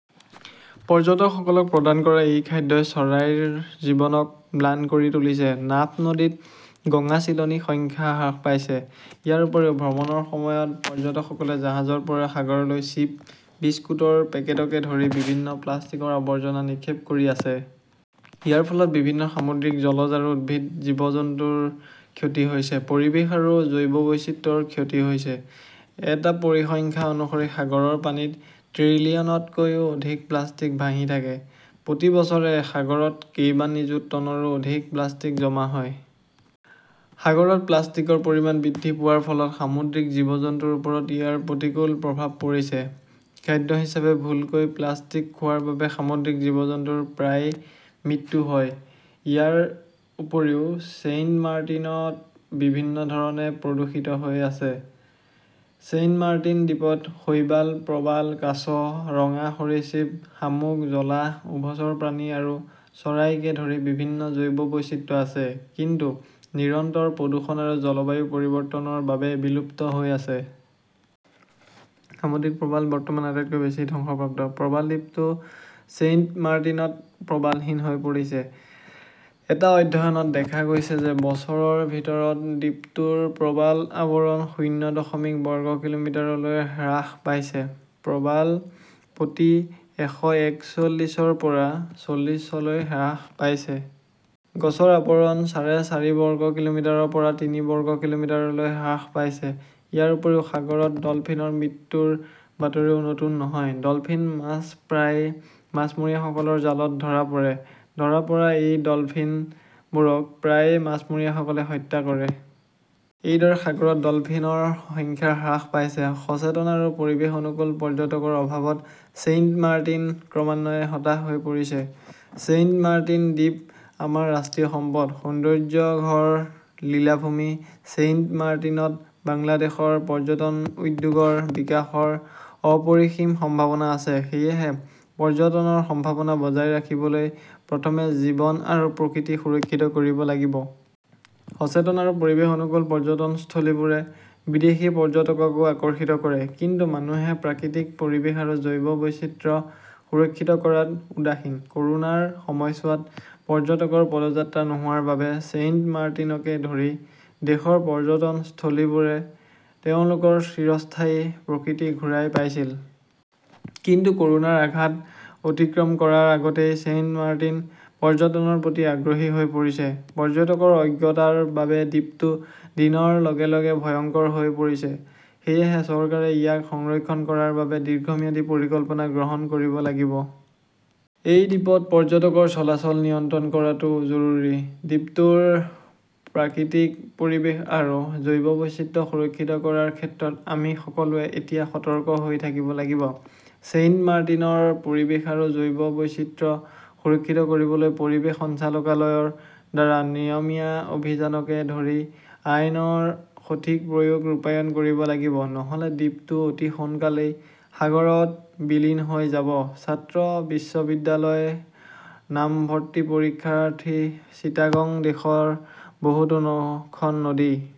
পৰ্যটকসকলক প্ৰদান কৰা এই খাদ্যই চৰাইৰ জীৱনক ম্লান কৰি তুলিছে, নাফ নদীত গঙাচিলনী সংখ্যা হ্ৰাস পাইছে। ইয়াৰ উপৰিও ভ্ৰমণৰ সময়ত পৰ্যটকসকলে জাহাজৰ পৰা সাগৰলৈ চিপ, বিস্কুটৰ পেকেটকে ধৰি বিভিন্ন প্লাষ্টিকৰ আৱৰ্জনা নিক্ষেপ কৰি আছে। ইয়াৰ ফলত বিভিন্ন সামুদ্ৰিক জলজ আৰু উদ্ভিদ জীৱ-জন্তুৰ ক্ষতি হৈছে। পৰিৱেশ আৰু জৈৱ বৈচিত্ৰ্যৰ ক্ষতি হৈছে। এটা পৰিসংখ্যা অনুসৰি সাগৰৰ পানীত ট্ৰিলিয়নতকৈও অধিক প্লাষ্টিক ভাহি থাকে। প্ৰতি বছৰে সাগৰত কেইবা নিযুত টনৰো অধিক প্লাষ্টিক জমা হয়। সাগৰত প্লাষ্টিকৰ পৰিমাণ বৃদ্ধি পোৱাৰ ফলত সামুদ্ৰিক জীৱ-জন্তুৰ ওপৰত ইয়াৰ প্ৰতিকূল প্ৰভাৱ পৰিছে। খাদ্য হিচাপে ভুলকৈ প্লাষ্টিক খোৱাৰ বাবে সামুদ্ৰিক জীৱ-জন্তুৰ প্ৰায়ে মৃত্যু হয়। ইয়াৰ উপৰিও ছেইণ্টমাৰ্টিনত বিভিন্ন ধৰণে প্ৰদূষিত হৈ আছে। ছেইণ্টমাৰ্টিন দ্বীপত শৈবাল, প্ৰবাল, কাছ, ৰঙা সৰীসৃপ, শামুক, জলাহ, উভচৰ প্ৰাণী আৰু চৰাইকে ধৰি বিভিন্ন জৈৱ বৈচিত্ৰ্য আছে, কিন্তু নিৰন্তৰ প্ৰদূষণ আৰু জলবায়ু পৰিৱৰ্তনৰ বাবে বিলুপ্ত হৈ আছে। সামুদ্ৰিক প্ৰবাল বৰ্তমান আটাইতকৈ বেছি ধ্বংসপ্ৰাপ্ত। প্ৰবাল দ্বীপটো ছেইণ্টমাৰ্টিনত প্ৰবালহীন হৈ পৰিছে। এটা অধ্যয়নত দেখা গৈছে যে বছৰৰ ভিতৰত দ্বীপটোৰ প্ৰবাল আৱৰণ শূন্য দশমিক বৰ্গ কিলোমিটাৰলৈ হ্ৰাস পাইছে। প্ৰবাল প্ৰতি এশএকচল্লিছ ৰ পৰা চল্লিছলৈ হ্ৰাস পাইছে। গছৰ আৱৰণ চাৰে চাৰি বৰ্গ কিলোমিটাৰৰ পৰা তিনি বৰ্গ কিলোমিটাৰলৈ হ্ৰাস পাইছে। ইয়াৰ উপৰিও সাগৰত ডলফিনৰ মৃত্যুৰ বাতৰিও নতুন নহয়। ডলফিন মাছ প্ৰায়ে মাছমৰীয়াসকলৰ জালত ধৰা পৰে। ধৰা পৰা এই ডলফিনবোৰক প্ৰায়ে মাছমৰীয়াসকলে হত্যা কৰে। এইদৰে সাগৰত ডলফিনৰ সংখ্যা হ্ৰাস পাইছে। সচেতন আৰু পৰিৱেশ-অনুকূল পৰ্যটকৰ অভাৱত ছেইণ্টমাৰ্টিন ক্ৰমান্বয়ে হতাশ হৈ পৰিছে। ছেইণ্টমাৰ্টিন দ্বীপ আমাৰ ৰাষ্ট্ৰীয় সম্পদ। সৌন্দৰ্য্যঘৰ লীলাভূমি ছেইণ্টমাৰ্টিনত বাংলাদেশৰ পৰ্যটন উদ্যোগৰ বিকাশৰ অপৰিসীম সম্ভাৱনা আছে। সেয়েহে পৰ্যটনৰ সম্ভাৱনা বজাই ৰাখিবলৈ প্ৰথমে জীৱন আৰু প্ৰকৃতি সুৰক্ষিত কৰিব লাগিব। সচেতন আৰু পৰিৱেশ-অনুকূল পৰ্যটনস্থলীবোৰে বিদেশী পৰ্যটককো আকৰ্ষিত কৰে, কিন্তু মানুহে প্ৰাকৃতিক পৰিৱেশ আৰু জৈৱ বৈচিত্ৰ্য সুৰক্ষিত কৰাত উদাসীন । ক'ৰোনাৰ সময়ছোৱাত পৰ্যটকৰ পদযাত্ৰা নোহোৱাৰ বাবে ছেইণ্টমাৰ্টিনকে ধৰি দেশৰ পৰ্যটনস্থলীবোৰে তেওঁলোকৰ চিৰস্থায়ী প্ৰকৃতি ঘূৰাই পাইছিল। কিন্তু ক'ৰোনাৰ আঘাত অতিক্ৰম কৰাৰ আগতেই ছেইণ্টমাৰ্টিন পৰ্যটনৰ প্ৰতি আগ্ৰহী হৈ পৰিছে। পৰ্যটকৰ অজ্ঞতাৰ বাবে দ্বীপটো দিনৰ লগে লগে ভয়ংকৰ হৈ পৰিছে। সেয়েহে চৰকাৰে ইয়াক সংৰক্ষণ কৰাৰ বাবে দীৰ্ঘম্যাদী পৰিকল্পনা গ্ৰহণ কৰিব লাগিব। এই দ্বীপত পৰ্যটকৰ চলাচল নিয়ন্ত্ৰণ কৰাটো জৰুৰী। দ্বীপটোৰ প্ৰাকৃতিক পৰিৱেশ আৰু জৈৱ বৈচিত্ৰ্য সুৰক্ষিত কৰাৰ ক্ষেত্ৰত আমি সকলোৱে এতিয়া সতৰ্ক হৈ থাকিব লাগিব। ছেইণ্টমাৰ্টিনৰ পৰিৱেশ আৰু জৈৱ বৈচিত্ৰ্য সুৰক্ষিত কৰিবলৈ পৰিৱেশ সঞ্চালকালয়ৰ দ্বাৰা নিয়মীয়া অভিযানকে ধৰি আইনৰ সঠিক প্ৰয়োগ ৰূপায়ণ কৰিব লাগিব, নহ'লে দ্বীপটো অতি সোনকালেই সাগৰত বিলীন হৈ যাব। ছাত্ৰ, বিশ্ববিদ্যালয়ৰ নামভৰ্তি পৰীক্ষাৰ্থী, চিটাগং দেশৰ বহুতো খন নদী